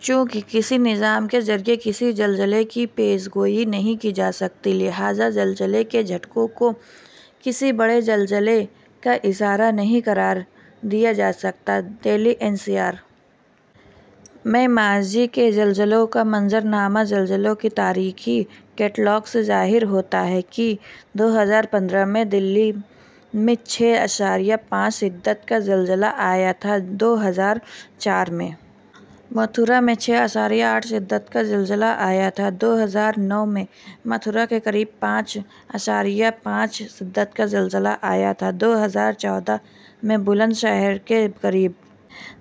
چونکہ کسی نظام کے ذریعے کسی زلزلے کی پیش گوئی نہیں کی جا سکتی، لہٰذا زلزلے کے جھٹکوں کو کسی بڑے زلزلے کا اشارہ نہیں قرار دیا جا سکتا۔ دہلی این سی آر میں ماضی کے زلزلوں کا منظرنامہ زلزلوں کے تاریخی کیٹلاگ سے ظاہر ہوتا ہے کہ دو ہزار پندرہ میں دہلی میں چھ اعشاریہ پانچ شدت کا زلزلہ آیا تھا، دو ہزار چار میں متھرا میں چھ اعشاریہ آٹھ شدت کا زلزلہ آیا تھا، دو ہزار نو میں متھرا کے قریب پانچ اعشاریہ پانچ شدت کا زلزلہ آیا تھا، دو ہزار چودہ میں بلند شہر کے قریب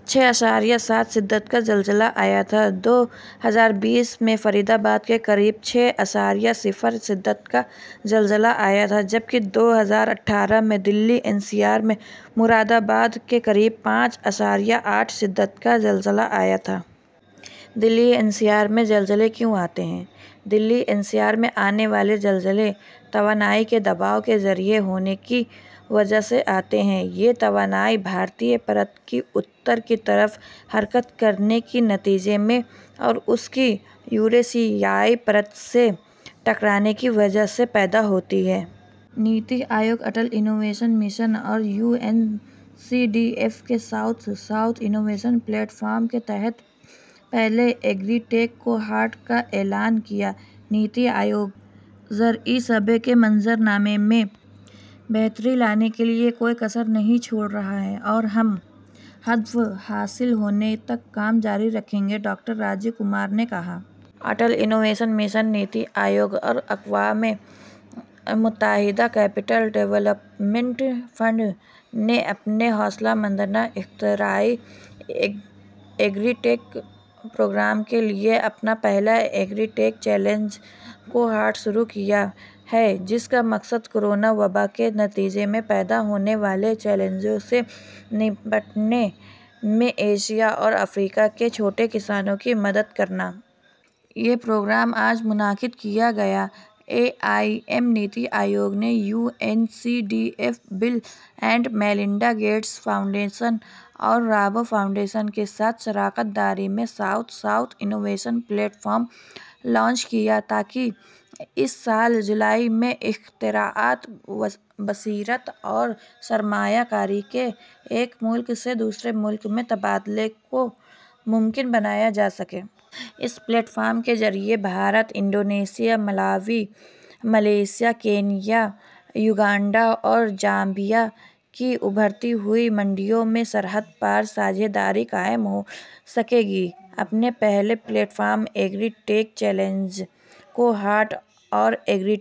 چھ اعشاریہ سات شدت کا زلزلہ آیا تھا، دو ہزار بیس میں فرید آباد کے قریب چھ اعشاریہ صفر شدت کا زلزلہ آیا تھا، جبکہ دو ہزار اٹھارہ میں دہلی این سی آر میں مرادآباد کے قریب پانچ اعشاریہ آٹھ شدت کا زلزلہ آیا۔ دہلی این سی آر میں زلزلے کیوں آتے ہیں؟ دہلی این سی آر میں آنے والے زلزلے توانائی کے دباؤ کے جاری ہونے کی وجہ سے آتے ہیں۔ یہ توانائی بھارتی پرت کی شمال کی طرف حرکت کرنے کے نتیجے میں اور اس کے یوریشیائی پرت سے ٹکرانے کی وجہ سے پیدا ہوتی ہے۔ نیتی آیوگ، اٹل انوویشن مشن اور U N C D F نے south south innovation platform کے تحت پہلے ایگری ٹیک کوہورٹ کا اعلان کیا۔ نیتی آیوگ زرعی شعبے کے منظرنامے میں بہتری لانے کے لیے کوئی کسر نہیں چھوڑ رہا ہے اور ہم ہدف حاصل ہونے تک کام جاری رکھیں گے، ڈاکٹر راجیو کمار نے کہا۔ اٹل انوویشن مشن، نیتی آیوگ اور اقوام متحدہ کیپٹل ڈیولپمنٹ فنڈ نے اپنے حوصلہ مندانہ اختراعی ایگری ٹیک پروگرام کے لیے اپنا پہلا ایگری ٹیک چیلنج کوہورٹ شروع کیا ہے، جس کا مقصد کورونا وبا کے نتیجے میں پیدا ہونے والے چیلنجوں سے نمٹنے میں ایشیا اور افریقہ کے چھوٹے کسانوں کی مدد کرنا ہے۔ یہ پروگرام آج منعقد کیا گیا۔ اے آئی ایم، نیتی آیوگ نے U N C D F, Bill and Melinda Gates foundation اور رابو فاؤنڈیشن کے ساتھ شراکت داری میں south south innovation platform launch کیا تاکہ اس سال جولائی میں اختراعات، بصیرت اور سرمایہ کاری کے ایک ملک سے دوسرے ملک میں تبادلے کو ممکن بنایا جا سکے۔ اس پلیٹ فارم کے ذریعے Bharat, Indonesia, Malawi, Malaysia, Kenya, Uganda اور زامبیا کی ابھرتی ہوئی منڈیوں میں سرحد پار شراکت قائم ہو سکے گی۔ اپنے پہلے platform, agri tech challenge cohort اور ایگری...